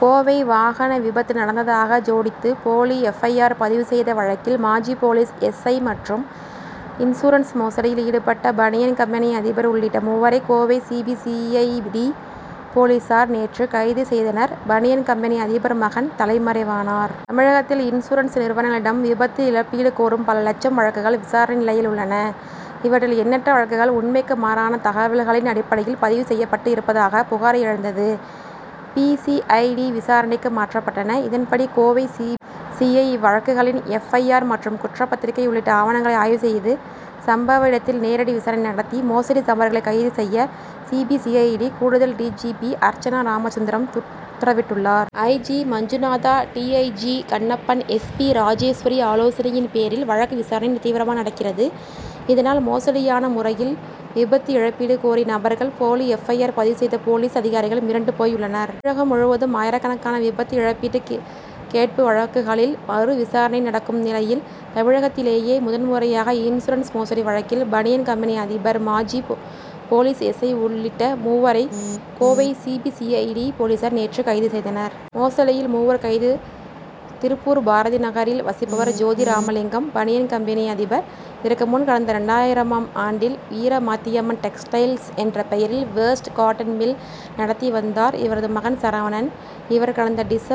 கோவை வாகன விபத்து நடந்ததாக ஜோடித்து போலி எப். ஐ. ஆர். பதிவு செய்த வழக்கில் மாஜி போலீஸ் எஸ். ஐ. மற்றும் இன்சூரன்ஸ் மோசடியில் ஈடுபட்ட பனியன் கம்பெனி அதிபர் உள்ளிட்ட மூவரை Kovai C. B. C. I. D. போலீசார் நேற்று கைது செய்தனர் பனியன் கம்பெனி அதிபர் மகன் தலைமறைவானார். தமிழகத்தில் இன்சூரன்ஸ் நிறுவனங்களிடம் விபத்து இழப்பீடு கோரும் பல லட்சம் வழக்குகள் விசாரணை நிலையில் உள்ளன. இவற்றில் எண்ணற்ற வழக்குகள் உண்மைக்கு மாறான தகவல்களின் அடிப்படையில் பதிவு செய்யப்பட்டிருப்பதாக புகார் எழுந்தது. பி. சி. ஐ. டி. விசாரணைக்கு மாற்றப்பட்டன. இதன்படி Kovai C. B. C. I. இவ்வழக்குகளின் எப். ஐ. ஆர். மற்றும் குற்றப்பத்திரிகை உள்ளிட்ட ஆவணங்களை ஆய்வு செய்து சம்பவ இடத்தில் நேரடி விசாரணை நடத்தி மோசடி நபர்களை கைது செய்ய C. B. C. I. D. கூடுதல் D. G. P. Archana Ramasundaram உத்தரவிட்டுள்ளார். I. G. Manjunatha D. I. G. Kannappan S. P. Rajeswari ஆலோசனையின் பேரில் வழக்கு விசாரணை தீவிரமாக நடக்கிறது. இதனால் மோசடியான முறையில் விபத்து இழப்பீடு கோரிய நபர்கள் போலி எப். ஐ. ஆர். பதிவு செய்த போலீஸ் அதிகாரிகள் மிரண்டு போயுள்ளனர். தமிழகம் முழுவதும் ஆயிரக்கணக்கான விபத்து இழப்பீடு கேட்பு வழக்குகளில் மறுவிசாரணை நடக்கும் நிலையில் தமிழகத்திலேயே முதன்முறையாக இன்சூரன்ஸ் மோசடி வழக்கில் பனியன் கம்பெனி அதிபர் மாஜி போலீஸ் எஸ். ஐ. உள்ளிட்ட மூவரை Kovai C. B. C. I. D. போலீசார் நேற்று கைது செய்தனர். மோசடியில் மூவர் கைது திருப்பூர் பாரதி நகரில் வசிப்பவர் ஜோதிராமலிங்கம் பனியன் கம்பெனி அதிபர். இதற்கு முன் கடந்த இரண்டாயிரமாம் ஆண்டில் வீரமாத்தியம்மன் டெக்ஸ்டைல்ஸ் என்ற பெயரில் வேஸ்ட் காட்டன் மில் நடத்தி வந்தார் இவரது மகன் சரவணன். இவர் கடந்த டிச.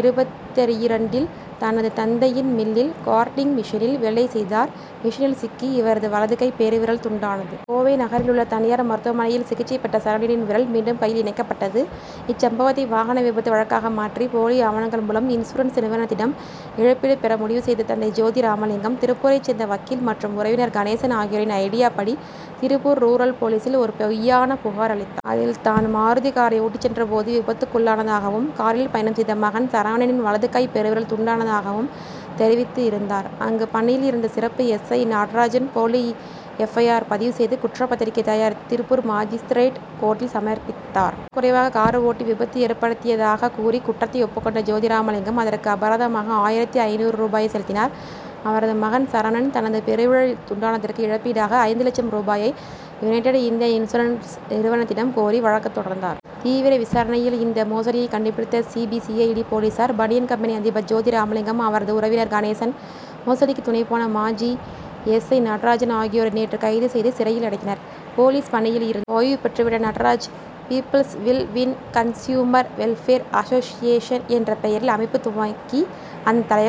இருபத்திரண்டில் தனது தந்தையின் மில்லில் கார்டிங் மெஷினில் வேலை செய்தார் மெஷினில் சிக்கி இவரது வலது கை பெருவிரல் துண்டானது. கோவை நகரிலுள்ள தனியார் மருத்துவமனையில் சிகிச்சை பெற்ற சரவணனின் விரல் மீண்டும் கையில் இணைக்கப்பட்டது. இச்சம்பவத்தை வாகன விபத்து வழக்காக மாற்றி போலி ஆவணங்கள் மூலம் இன்சூரன்ஸ் நிறுவனத்திடம் இழப்பீடு பெற முடிவு செய்த தந்தை ஜோதி ராமலிங்கம் திருப்பூரைச் சேர்ந்த வக்கீல் மற்றும் உறவினர் கணேசன் ஆகியோரின் ஐடியா படி திருப்பூர் ரூரல் போலீசில் ஒரு பொய்யான புகார் அளித்தார். அதில் தான் மாருதி காரை ஓட்டிச் சென்ற போது விபத்துக்குள்ளானதாகவும் காரில் பயணம் செய்த மகன் சரவணனின் வலது கை பெருவிரல் துண்டானதாகவும் தெரிவித்திருந்தார். அங்கு பணியில் இருந்த சிறப்பு எஸ். ஐ. நடராஜன் போலி எப். ஐ. ஆர். பதிவு செய்து குற்றப்பத்திரிகை தயாரித்து திருப்பூர் மாஜிஸ்திரேட் கோர்ட்டில் சமர்ப்பித்தார். கவனக்குறைவாக கார் ஓட்டி விபத்து ஏற்படுத்தியதாக கூறி குற்றத்தை ஒப்புக்கொண்ட ஜோதி ராமலிங்கம் அதற்கு அபராதமாக ஆயிரத்து ஐந்நூறு ரூபாயை செலுத்தினார். அவரது மகன் சரவணன் தனது பெருவிரல் துண்டானதற்கு இழப்பீடாக ஐந்து லட்சம் ரூபாயை யுனைடெட் இந்தியா இன்ஸ்சூரன்ஸ் நிறுவனத்திடம் கோரி வழக்கு தொடர்ந்தார். தீவிர விசாரணையில் இந்த மோசடியை கண்டுபிடித்த C. B. C. I. D. போலீசார் பனியன் கம்பெனி அதிபர் ஜோதிராமலிங்கம் அவரது உறவினர் கணேசன் மோசடிக்கு துணைபோன மாஜி எஸ். ஐ. நடராஜன் ஆகியோரை நேற்று கைது செய்து சிறையில் அடைத்தனர். போலீஸ் பணியில் இருந்து ஓய்வு பெற்றுவிட்ட Nataraj people's will win consumer welfare association என்ற பெயரில் அமைப்பு துவக்கி அதன் தலைவராக